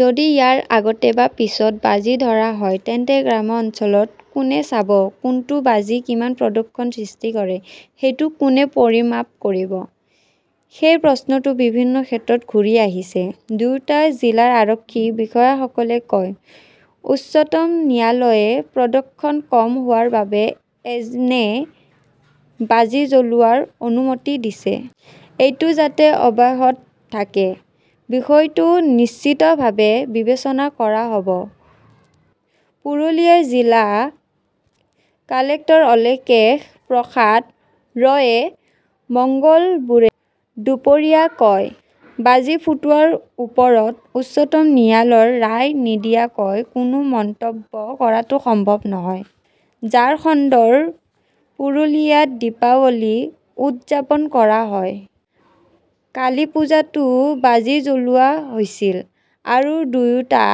যদি ইয়াৰ আগতে বা পিছত বাজি ধৰা হয়, তেন্তে গ্ৰাম্য অঞ্চলত কোনে চাব? কোনটো বাজি কিমান প্ৰদূষণৰ সৃষ্টি কৰে, সেইটো কোনে পৰিমাপ কৰিব? সেই প্ৰশ্নটো বিভিন্ন ক্ষেত্ৰত ঘূৰি আহিছে। দুয়োটা জিলাৰ আৰক্ষী বিষয়াসকলে কয়, "উচ্চতম ন্যায়ালয়ে প্ৰদূষণ কম হোৱাৰ বাবে এনে বাজি জ্বলোৱাৰ অনুমতি দিছে। এইটো যাতে অব্যাহত থাকে, বিষয়টো নিশ্চিতভাৱে বিবেচনা কৰা হব"। পুৰুলিয়াৰ জিলা কালেক্টৰ অলাকেশ প্ৰসাদ ৰয়ে মঙলবাৰে দুপৰীয়া কয়, "বাজি ফুুুটুৱাৰ ওপৰত উচ্চতম ন্যায়ালয়ৰ ৰায় নিদিয়াকৈ কোনো মন্তব্য কৰাটো সম্ভৱ নহয়"। ঝাৰখণ্ডৰ পুৰুলিয়াত দীপাৱলী উদযাপন কৰা হয়। কালীপুজাতো বাজি জ্বলোৱা হৈছিল আৰু দুয়োটা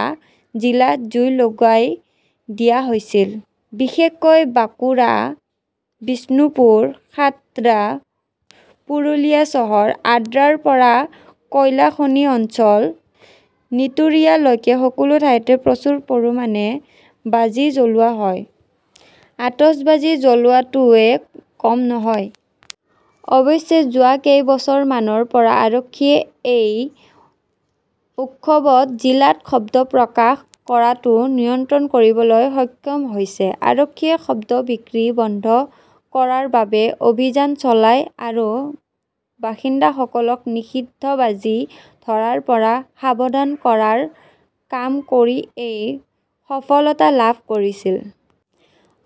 জিলাত জুই লগাই দিয়া হৈছিল। বিশেষকৈ বাঁকুৰা, বিষ্ণুপুৰ, খাট্ৰা, পুৰুলিয়া চহৰ, আদ্ৰাৰ পৰা কয়লা খনি অঞ্চল নীতুৰিয়া লৈকে সকলো ঠাইতে প্ৰচুৰ পৰিমাণে বাজি জ্বলোৱা হয়। আতচবাজী জ্বলোৱাটোও কম নহয়। অৱশ্যে, যোৱা কেইবছৰমানৰ পৰা আৰক্ষীয়ে এই উৎসৱত জিলাত শব্দ প্ৰকাশ কৰাটো নিয়ন্ত্ৰণ কৰিবলৈ সক্ষম হৈছে। আৰক্ষীয়ে শব্দ বিক্ৰী বন্ধ কৰাৰ বাবে অভিযান চলায় আৰু বাসিন্দাসকলক নিষিদ্ধ বাজি ধৰাৰ পৰা সাৱধান কৰাৰ কাম কৰি এই সফলতা লাভ কৰিছিল।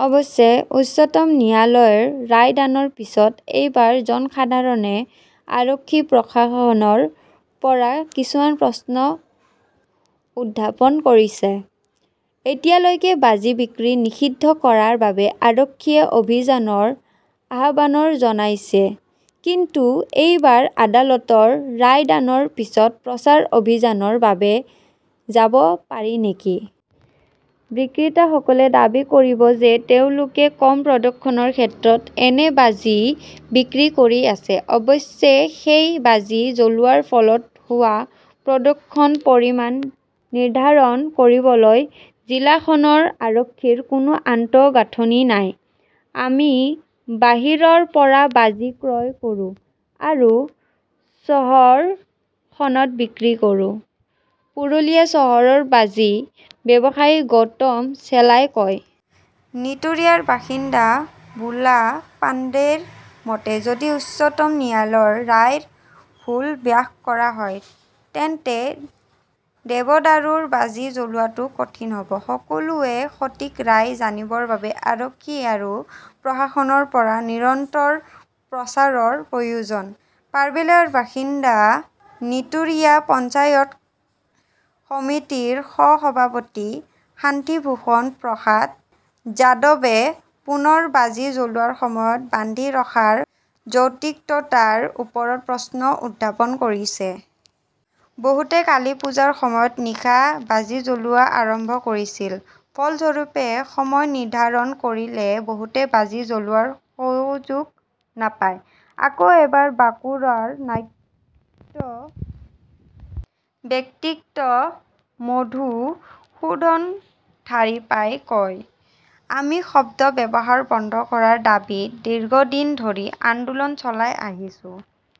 অৱশ্যে, উচ্চতম ন্যায়ালয়ৰ ৰায়দানৰ পিছত এইবাৰ জনসাধাৰণে আৰক্ষী-প্ৰশাসনৰ পৰা কিছুমান প্ৰশ্ন উত্থাপন কৰিছে। এতিয়ালৈকে বাজি বিক্ৰী নিষিদ্ধ কৰাৰ বাবে আৰক্ষীয়ে অভিযানৰ আহ্বান জনাইছে। কিন্তু এইবাৰ আদালতৰ ৰায়দানৰ পিছত প্ৰচাৰ অভিযানৰ বাবে যাব পাৰি নেকি? বিক্ৰেতাসকলে দাবী কৰিব যে, তেওঁলোকে কম প্ৰদূষণৰ ক্ষেত্ৰত এনে বাজি বিক্ৰী কৰি আছে। অৱশ্যে, সেই বাজি জ্বলোৱাৰ ফলত হোৱা প্ৰদূষণৰ পৰিমাণ নিৰ্ধাৰণ কৰিবলৈ জিলাখনৰ আৰক্ষীৰ কোনো আন্তঃগাঁথনি নাই। "আমি বাহিৰৰ পৰা বাজি ক্ৰয় কৰোঁ আৰু চহৰখনত বিক্ৰী কৰোঁ", পুৰুলিয়া চহৰৰ বাজি ব্যৱসায়ী গৌতম চেলই কয়। নীতুৰিয়াৰ বাসিন্দা বুলা পাণ্ডেৰ মতে, "যদি উচ্চতম ন্যায়ালয়ৰ ৰায়ৰ ভুল ব্যাখ্যা কৰা হয়, তেন্তে দেৱদাৰুৰ বাজি জ্বলোৱাটো কঠিন হব। সকলোৱে সঠিক ৰায় জানিবৰ বাবে আৰক্ষী আৰু প্ৰশাসনৰ পৰা নিৰন্তৰ প্ৰচাৰৰ প্ৰয়োজন"। পাৰ্বেলিয়াৰ বাসিন্দা নীতুৰিয়া পঞ্চায়ত সমিতিৰ সহ-সভাপতি শান্তিভূষণ প্ৰসাদ যাদৱে পুনৰ বাজি জ্বলোৱাৰ সময়ত বান্ধি ৰখাৰ যৌক্তিকতাৰ ওপৰত প্ৰশ্ন উত্থাপন কৰিছে। "বহুতে কালীপূজাৰ সময়ত নিশা বাজি জ্বলোৱা আৰম্ভ কৰিছিল। ফলস্বৰূপে, সময় নিৰ্ধাৰণ কৰিলে বহুতে বাজি জ্বলোৱাৰ সুযোগ নাপায়"। আকৌ এবাৰ বাঁকুৰাৰ নাট্য ব্যক্তিত্ব মধুসূদন দাৰিপাই কয়, "আমি শব্দ ব্যৱহাৰ বন্ধ কৰাৰ দাবীত দীৰ্ঘদিন ধৰি আন্দোলন চলাই আহিছো"।